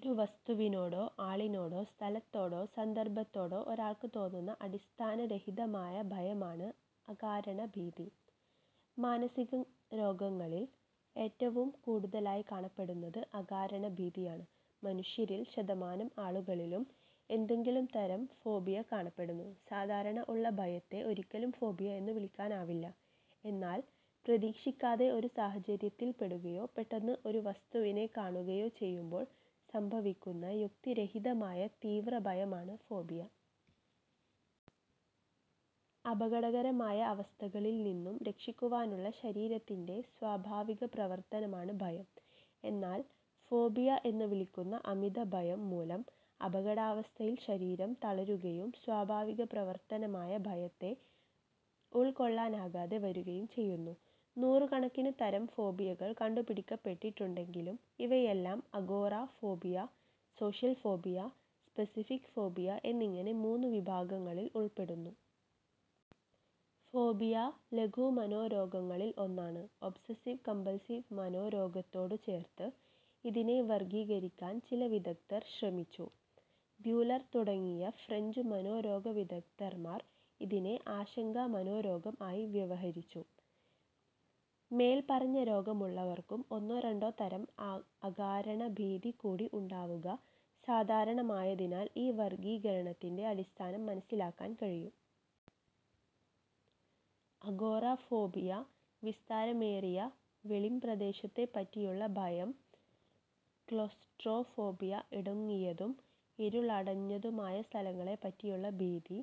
ഒരു വസ്തുവിനോടോ ആളിനോടോ സ്ഥലത്തോടോ സന്ദർഭത്തോടോ ഒരാൾക്ക് തോന്നുന്ന അടിസ്ഥാനരഹിതമായ ഭയമാണ് അകാരണഭീതി. മാനസിക രോഗങ്ങളിൽ ഏറ്റവും കൂടുതലായി കാണപ്പെടുന്നത് അകാരണഭീതിയാണ്. മനുഷ്യരിൽ ശതമാനം ആളുകളിലും എന്തെങ്കിലും തരം ഫോബിയ കാണപ്പെടുന്നു. സാധാരണ ഉള്ള ഭയത്തെ ഒരിക്കലും ഫോബിയ എന്നു വിളിക്കാനാവില്ല. എന്നാൽ പ്രതീക്ഷിക്കാതെ ഒരു സാഹചര്യത്തിൽപ്പെടുകയോ പെട്ടെന്നു് ഒരു വസ്തുവിനെ കാണുകയോ ചെയ്യുമ്പോൾ സംഭവിക്കുന്ന യുക്തിരഹിതമായ തീവ്ര ഭയമാണ് ഫോബിയ. അപകടകരമായ അവസ്ഥകളിൽ നിന്നും രക്ഷിക്കുവാനുള്ള ശരീരത്തിന്റെ സ്വാഭാവികപ്രവർത്തനമാണ് ഭയം. എന്നാൽ ഫോബിയ എന്നു വിളിക്കുന്ന അമിതഭയം മൂലം അപകടാവസ്ഥയിൽ ശരീരം തളരുകയും സ്വാഭാവികപ്രവർത്തനമായ ഭയത്തെ ഉൾക്കൊള്ളാനാകാതെ വരുകയും ചെയ്യുന്നു. നൂറുകണക്കിനു തരം ഫോബിയകൾ കണ്ടുപിടിക്കപ്പെട്ടിട്ടുണ്ടെങ്കിലും ഇവയെല്ലാം agoraphobia, social phobia, specific phobia എന്നിങ്ങനെ മൂന്നു വിഭാഗങ്ങളിൽ ഉൾപ്പെടുന്നു. ഫോബിയ ലഘുമനോരോഗങ്ങളിൽ ഒന്നാണ്. ഒബ്സസിവ് കമ്പൽസീവ് മനോരോഗത്തോടു ചേർത്ത് ഇതിനെ വർഗീകരിക്കാൻ ചില വിദഗ്ദർ ശ്രമിച്ചു. ബ്യൂലർ തുടങ്ങിയ ഫ്രഞ്ചു മനോരോഗവിദഗ്ദ്ധന്മാർ ഇതിനെ ആശങ്കാമനോരോഗം ആയി വ്യവഹരിച്ചു. മേൽപറഞ്ഞ രോഗമുള്ളവർക്കും ഒന്നോ രണ്ടോ തരം അകാരണഭീതി കൂടി ഉണ്ടാവുക സാധാരണമായതിനാൽ ഈ വർഗീകരണത്തിന്റെ അടിസ്ഥാനം മനസ്സിലാക്കാൻ കഴിയും. അഗോറഫോബിയ വിസ്താരമേറിയ വെളിംപ്രദേശത്തെപ്പറ്റിയുള്ള ഭയം, ക്ളൌസ്ട്രോഫോബിയ- ഇടുങ്ങിയതും ഇരുളടഞ്ഞതുമായ സ്ഥലങ്ങളെപ്പറ്റിയുള്ള ഭീതി,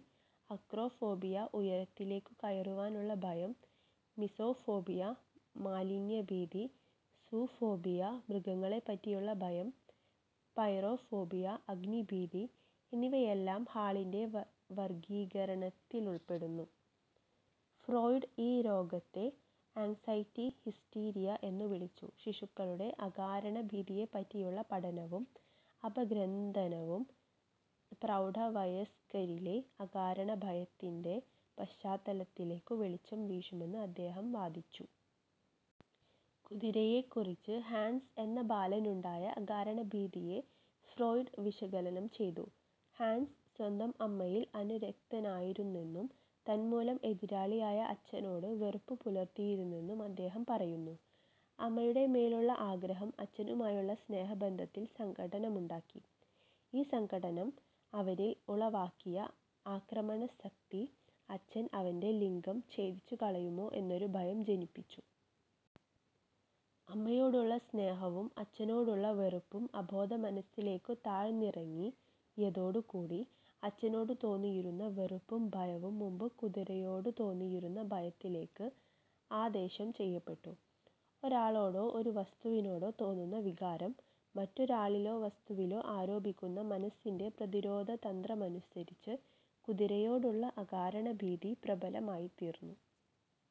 അക്രോഫോബിയ ഉയരത്തിലേക്കു കയറുവാനുള്ള ഭയം, മിസോഫോബിയ മാലിന്യഭീതി, സൂഫോബിയ മൃഗങ്ങളെപ്പറ്റിയുള്ള ഭയം, പൈറോഫോബിയ അഗ്നിഭീതി എന്നിവയെല്ലാം ഹാളിന്റെ വർഗീകരണത്തിലുൾപ്പെടുന്നു. ഫ്രോയിഡ് ഈ രോഗത്തെ ആങ്സൈറ്റി ഹിസ്റ്റീരിയ എന്നു വിളിച്ചു. ശിശുക്കളുടെ അകാരണഭീതിയെപ്പറ്റിയുള്ള പഠനവും അപഗ്രഥനവും പ്രൌഢവയസ്ക്കരിലെ അകാരണഭയത്തിന്റെ പശ്ചാത്തലത്തിലേക്കു വെളിച്ചം വീശുമെന്ന് അദ്ദേഹം വാദിച്ചു. കുതിരയെക്കുറിച്ച് ഹാൻസ് എന്ന ബാലനുണ്ടായ അകാരണഭീതിയെ ഫ്രോയിഡ് വിശകലനം ചെയ്തു. ഹാൻസ് സ്വന്തം അമ്മയിൽ അനുരക്തനായിരുന്നെന്നും തന്മൂലം എതിരാളിയായ അച്ഛനോട് വെറുപ്പു പുലർത്തിയിരുന്നെന്നും അദ്ദേഹം പറയുന്നു. അമ്മയുടെ മേലുള്ള ആഗ്രഹം അച്ഛനുമായുള്ള സ്നേഹബന്ധത്തിൽ സംഘട്ടനമുണ്ടാക്കി. ഈ സംഘട്ടനം അവനിൽ ഉളവാക്കിയ ആക്രമണാസക്തി, അച്ഛൻ അവന്റെ ലിംഗം ഛേദിച്ചുകളയുമോ എന്നൊരു ഭയം ജനിപ്പിച്ചു. അമ്മയോടുള്ള സ്നേഹവും അച്ഛനോടുള്ള വെറുപ്പും അബോധമനസ്സിലേക്കു താഴ്ന്നിറങ്ങി യതോടുകൂടി അച്ഛനോടു തോന്നിയിരുന്ന വെറുപ്പും ഭയവും മുമ്പ് കുതിരയോടുതോന്നിയിരുന്ന ഭയത്തിലേക്ക് ആദേശം ചെയ്യപ്പെട്ടു. ഒരാളോടോ, ഒരു വസ്തുവിനോടോ തോന്നുന്ന വികാരം മറ്റൊരാളിലോ വസ്തുവിലോ ആരോപിക്കുന്ന മനസ്സിന്റെ പ്രതിരോധ തന്ത്രമനുസരിച്ച് കുതിരയോടുള്ള അകാരണഭീതി പ്രബലമായിത്തീർന്നു.